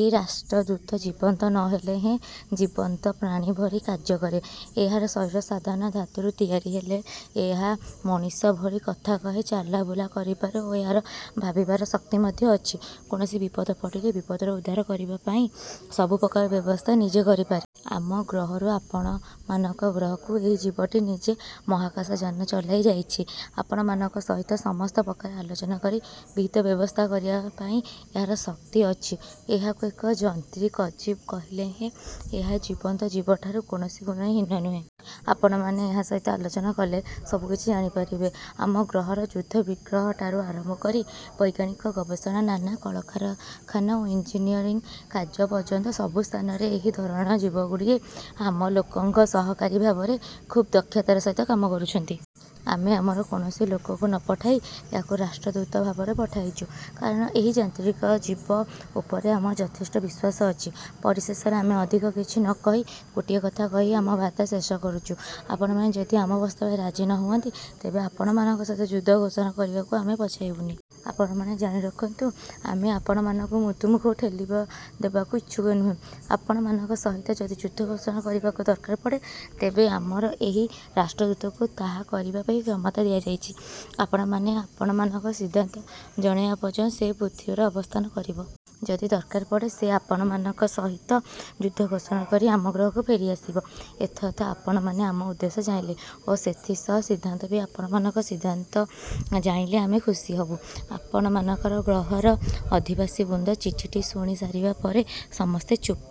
ଏହି ରାଷ୍ଟ୍ରଦୂତ ଜୀବନ୍ତ ନ ହେଲେ ହେଁ ଜୀବନ୍ତ ପ୍ରାଣୀ ଭରି କାର୍ଯ୍ୟ କରେ। ଏହାର ଶରୀର ସାଧାରଣ ଧାତୁରୁ ତିଆରି। ହେଲେ ଏହା ମଣିଷ ଭଳି କଥା କହେ ଚାଲାବୁଲା କରିପାରେ ଓ ଏହାର ଭାବିବାର ଶକ୍ତି ମଧ୍ୟ ଅଛି। କୌଣସି ବିପଦ ପଡ଼ିଲେ, ବିପଦରୁ ଉଦ୍ଧାର ପାଇବା ପାଇଁ ସବୁପ୍ରକାର ବ୍ୟବସ୍ଥା ନିଜେ କରିପାରେ। ଆମ ଗ୍ରହରୁ ଆପଣମାନଙ୍କ ଗ୍ରହକୁ ଏହି ଜୀବଟି ନିଜେ ମହାକାଶଯାନ ଚଲାଇ ଯାଇଛି। ଆପଣମାନଙ୍କ ସହିତ ସମସ୍ତ ପ୍ରକାର ଆଲୋଚନା କରି ବିହିତ ବ୍ୟବସ୍ଥା କରିବା ପାଇଁ ଏହାର ଶକ୍ତି ଅଛି। ଏହାକୁ ଏକ ଯନ୍ତ୍ରୀକଜିବ କହିଲେ ହେଁ ଏହା ଜୀବନ୍ତ ଜୀବଠାରୁ କୌଣସି ଗୁଣରେ ହୀନ ନୁହେଁ। ଆପଣମାନେ ଏହା ସହିତ ଆଲୋଚନା କଲେ ସବୁ କିଛି ଜାଣିପାରିବେ। ଆମ ଗ୍ରହର ଯୁଦ୍ଧବିଗ୍ରହଠାରୁ ଆରମ୍ଭ କରି ବୈଜ୍ଞାନିକ ଗବେଷଣା, ନାନା କଳକାରଖାନା ଓ ଇଂଜିନିୟରିଂ କାର୍ଯ୍ୟ ପର୍ଯ୍ୟନ୍ତ ସବୁ ସ୍ଥାନରେ ଏହି ଧରଣର ଜୀବଗୁଡ଼ିଏ ଆମ ଲୋକଙ୍କ ସହକାରୀ ଭାବରେ ଖୁବ୍ ଦକ୍ଷତାର ସହିତ କାମ କରୁଛନ୍ତି। ଆମେ ଆମର କୌଣସି ଲୋକକୁ ନ ପଠାଇ ଏହାକୁ ରାଷ୍ଟ୍ରଦୂତ ଭାବରେ ପଠାଇଛୁ, କାରଣ ଏହି ଯାନ୍ତ୍ରିକ ଯିବ ଉପରେ ଆମର ଯଥେଷ୍ଟ ବିଶ୍ୱାସ ଅଛି। ପରିଶେଷରେ ଆମେ ଅଧିକ କିଛି ନ କହି ଗୋଟିଏ କଥା କହି ଆମ ବାର୍ତ୍ତା ଶେଷ କରୁଛୁ। ଆପଣମାନେ ଯଦି ଆମ ପ୍ରସ୍ତାବରେ ରାଜି ନ ହୁଅନ୍ତି, ତେବେ ଆପଣମାନଙ୍କ ସହିତ ଯୁଦ୍ଧ ଘୋଷଣା କରିବାକୁ ଆମେ ପଛାଇବୁନି। ଆପଣମାନେ ଜାଣି ରଖନ୍ତୁ ଆମେ ଆପଣମାନଙ୍କୁ ମୃତ୍ୟୁମୂଖକୁ ଠେଲିଦେବାକୁ ଇଛୁକ ନୋହୁଁ। ଆପଣମାନଙ୍କ ସହିତ ଯଦି ଯୁଦ୍ଧ ଘୋଷଣା କରିବାକୁ ଦରକାର ପଡ଼େ, ତେବେ ଆମର ଏହି ରାଷ୍ଟ୍ରଦୂତକୁ ତାହା କରିବା ପାଇଁ କ୍ଷମତା ଦିଆଯାଇଛି। ଆପଣମାନେ ଆପଣମାନଙ୍କ ସିଦ୍ଧାନ୍ତ ଜଣାଇବା ପର୍ଯ୍ୟନ୍ତ ସେ ପୃଥିବୀରେ ଅବସ୍ଥାନ କରିବ। ଯଦି ଦରକାର ପଡ଼େ, ସେ ଆପଣମାନଙ୍କ ସହିତ ଯୁଦ୍ଧ ଘୋଷଣା କରି ଆମ ଗ୍ରହକୁ ଫେରିଆସିବ। ଏଥର ତ ଆପଣମାନେ ଆମ ଉଦ୍ଦେଶ୍ୟ ଜାଣିଲେ, ଓ ସେଥିସହ ସିଦ୍ଧାନ୍ତ ବି ଆପଣମାନଙ୍କ ସିଦ୍ଧାନ୍ତ ଜାଣିଲେ ଆମେ ଖୁସିହେବୁ। ଆପଣମାନଙ୍କର ଗ୍ରହର ଅଧିବାସୀବୃନ୍ଦ ଚିଠିଟି ଶୁଣି ସାରିବା ପରେ ସମସ୍ତେ ଚୁପ୍।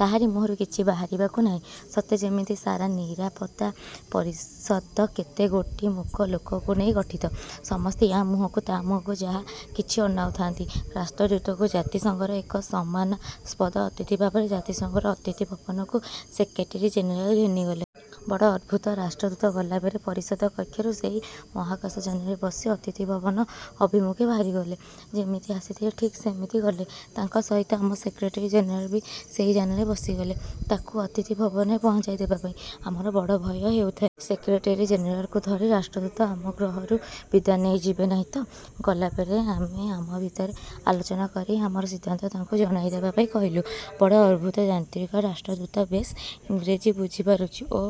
କାହାରି ମୁହଁରୁ କିଛି ବାହାରିବାକୁ ନାହିଁ। ସତେ ଯେମିତି ସାରା ନିରାପତ୍ତା ପରିଷଦ କେତେଗୋଟି ମୂକ ଲୋକଙ୍କୁ ନେଇ ଗଠିତ। ସମସ୍ତେ ୟା ମୁହଁକୁ ତା ମୁହଁକୁ ଯା କିଛି ଅନାଉଥାନ୍ତି। ରାଷ୍ଟ୍ରଦୂତଙ୍କୁ ଜାତିସଙ୍ଘର ଏକ ସମ୍ମାନାସ୍ପଦ ଅତିଥିଭାବରେ ଜାତିସଂଘର ଅତିଥି ଭବନକୁ ସେକ୍ରେଟେରୀ ଜେନେରାଲ ଘେନିଗଲେ। ବଡ଼ ଅଦ୍ଭୁତ, ରାଷ୍ଟ୍ରଦୂତ ଗଲାବେଳେ ପରିଷଦ କକ୍ଷରୁ ସେହି ମହାକାଶଯାନରେ ବସି ଅତିଥିଭବନ ଅଭିମୁଁଖେ ବାହାରିଗଲେ। ଯେମିତି ଆସିଥିଲେ ଠିକ୍ ସେମିତି ଗଲେ। ତାଙ୍କ ସହିତ ଆମ ସେକ୍ରେଟେରୀ ଜେନେରାଲ ବି ସେହି ଯାନରେ ବସି ଗଲେ, ତାଙ୍କୁ ଅତିଥି ଭବନରେ ପହଞ୍ଚାଇ ଦେବାପାଇଁ। ଆମର ବଡ଼ ଭୟ ହେଉଥାଏ। ସେକ୍ରେଟେରୀ ଜେନେରାଲଙ୍କୁ ଧରି ରାଷ୍ଟ୍ରଦୂତ ଆମ ଗ୍ରହରୁ ବିଦାୟ ନେଇଯିବ ନାହିଁତ-? ଗଲାବେଳେ ଆମେ ଆମ ଭିତରେ ଆଲୋଚନ କରି ଆମର ସିଦ୍ଧାନ୍ତ ତାଙ୍କୁ ଜଣାଇଦେବା ପାଇଁ କହିଲୁ। ବଡ଼ ଅଦ୍ଭୁତ, ଯାନ୍ତ୍ରିକ ରାଷ୍ଟ୍ରଦୂତ ବେଶ୍ ଇଂରେଜୀ ବୁଝିପାରୁଛି ଓ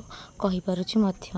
କହି ପାରୁଛି ମଧ୍ୟ